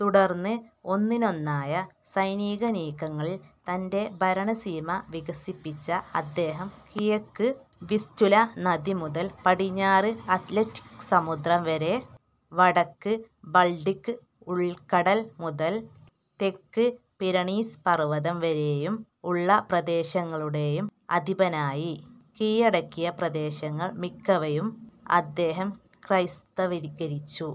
തുടർന്ന് ഒന്നിനൊന്നായ സൈനികനീക്കങ്ങളിൽ തന്റെ ഭരണസീമ വികസിപ്പിച്ച അദ്ദേഹം കിഴക്ക് വിസ്റ്റുല നദി മുതൽ പടിഞ്ഞാറ് അറ്റ്ലാന്റിക് സമുദ്രം വരേയും വടക്ക് ബാൾട്ടിക്ക് ഉൾക്കടൽ മുതൽ തെക്ക് പിരണീസ് പർവതം വരേയും ഉള്ള പ്രദേശങ്ങളുടേയും അധിപനായി. കീഴടക്കിയ പ്രദേശങ്ങൾ മിക്കവയും അദ്ദേഹം ക്രൈസ്തവീകരിച്ചു.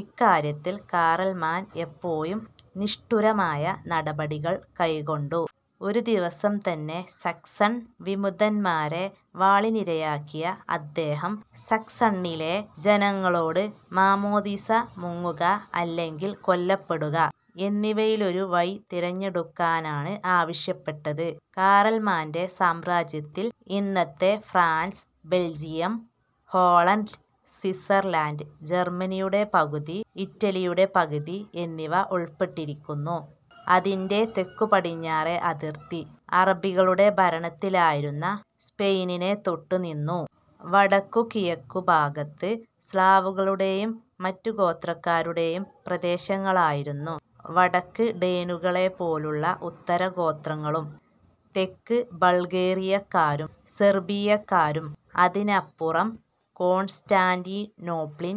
ഇക്കാര്യത്തിൽ കാറൽമാൻ പലപ്പോഴും നിഷ്ഠൂരമായ നടപടികൾ കൈക്കൊണ്ടു. ഒരു ദിവസം തന്നെ സാക്സൻ വിമതന്മാരെ വാളിനിരയാക്കിയ അദ്ദേഹം, സാക്സണിയിലെ ജനങ്ങളോട് "മാമ്മോദീസാ മുങ്ങുക അല്ലെങ്കിൽ കൊല്ലപ്പെടുക" എന്നിവയിലൊരു വഴി തെരഞ്ഞെടുക്കാനാണ് ആവശ്യപ്പെട്ടത്. കാറൽമാന്റെ സാമ്രാജ്യത്തിൽ ഇന്നത്തെ ഫ്രാൻസ്, ബെൽജിയം, ഹോളണ്ട്, സ്വിറ്റ്സർലാന്റ്, ജർമ്മനിയുടെ പകുതി, ഇറ്റലിയുടെ പകുതി എന്നിവ ഉൾപ്പെട്ടിരുന്നു. അതിന്റെ തെക്കു പടിഞ്ഞാറേ അതിർത്തി അറബികളുടെ ഭരണത്തിലിരുന്ന സ്പെയിനിനെ തൊട്ടു നിന്നു. വടക്കു കിഴക്കു ഭാഗത്ത് സ്ലാവുകളുടേയും മറ്റു ഗോത്രവർഗ്ഗക്കാരുടേയും പ്രദേശങ്ങളായിരുന്നു; വടക്ക് ഡേനുകളേപ്പോലുള്ള ഉത്തരഗോത്രങ്ങളും, തെക്ക് ബൾഗേറിയാക്കാരും സെർബിയാക്കാരും, അതിനപ്പുറം കോൺസ്റ്റാന്റിനോപ്പിൾ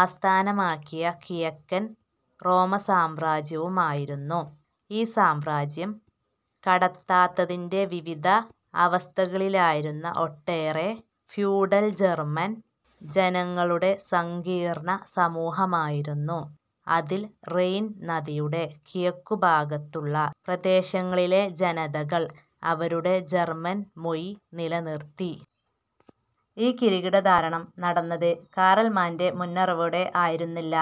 ആസ്ഥാനമാക്കിയ കിഴക്കൻ റോമാസാമ്രാജ്യവും ആയിരുന്നു. ഈ സാമ്രാജ്യം, കാടത്തത്തിന്റെ വിവിധ അവസ്ഥകളിലിരുന്ന ഒട്ടേറെ ഫ്യൂഡൽ ജർമ്മൻ രാജ്യങ്ങളുടെ സങ്കീർണ്ണസമൂഹമായിരുന്നു. അതിൽ റൈൻ നദിയുടെ കിഴക്കു ഭാഗത്തുള്ള പ്രദേശങ്ങളിലെ ജനതകൾ അവരുടെ ജർമ്മൻ മൊഴി നിലനിർത്തി. ഈ കിരീടധാരണം നടന്നത് കാറൽമാന്റെ മുന്നറിവോടെ ആയിരുന്നില്ല.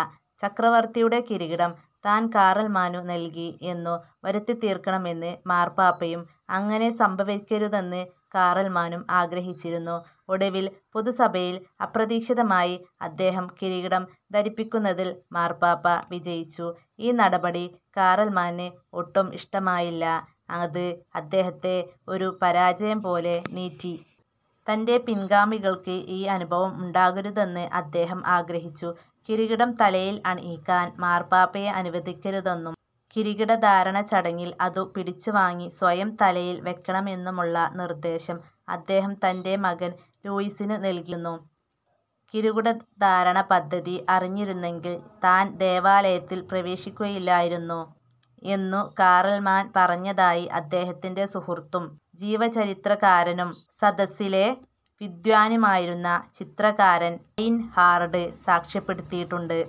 ചക്രവർത്തിയുടെ കിരീടം താൻ കാറൽമാനു നൽകി എന്നു വരുത്തിതീർക്കണമെന്നു മാർപ്പാപ്പയും അങ്ങനെ സംഭവിക്കരുതെന്നു കാറൽമാനും ആഗ്രഹിച്ചിരുന്നു. ഒടുവിൽ പൊതുസഭയിൽ അപ്രതീക്ഷിതമായി അദ്ദേഹത്തെ കിരീടം ധരിപ്പിക്കുന്നതിൽ മാർപ്പാപ്പ വിജയിച്ചു. ഈ നടപടി കാറൽമാന് ഒട്ടും ഇഷ്ടമായില്ല. അത് അദ്ദേഹത്തെ ഒരു പരാജയം പോലെ നീറ്റി. തന്റെ പിൻഗാമികൾക്ക് ഈ അനുഭവം ഉണ്ടാകരുതെന്ന് അദ്ദേഹം ആഗ്രഹിച്ചു. കിരീടം തലയിൽ അണിയിക്കാൻ മാർപ്പാപ്പയെ അനുവദിക്കരുതെന്നും കിരീടധാരണച്ചടങ്ങിൽ അതു പിടിച്ചു വാങ്ങി സ്വയം തലയിൽ വയ്ക്കണമെന്നുമുള്ള നിർദ്ദേശം അദ്ദേഹം തന്റെ മകൻ ലൂയീസിനു നൽകിയിരുന്നു. കിരീടധാരണപദ്ധതി അറിഞ്ഞിരുന്നെങ്കിൽ താൻ ദേവാലയത്തിൽ പ്രവേശിക്കുകയില്ലായിരുന്നു എന്നു കാറൽമാൻ പറഞ്ഞതായി അദ്ദേഹത്തിന്റെ സുഹൃത്തും, ജീവചരിത്രകാരനും സദസ്സിലെ വിദ്വാനുമായിരുന്ന ചരിത്രകാരൻ ഐയ്ൻഹാർഡ് സാക്ഷ്യപ്പെടുത്തിയിട്ടുണ്ട്.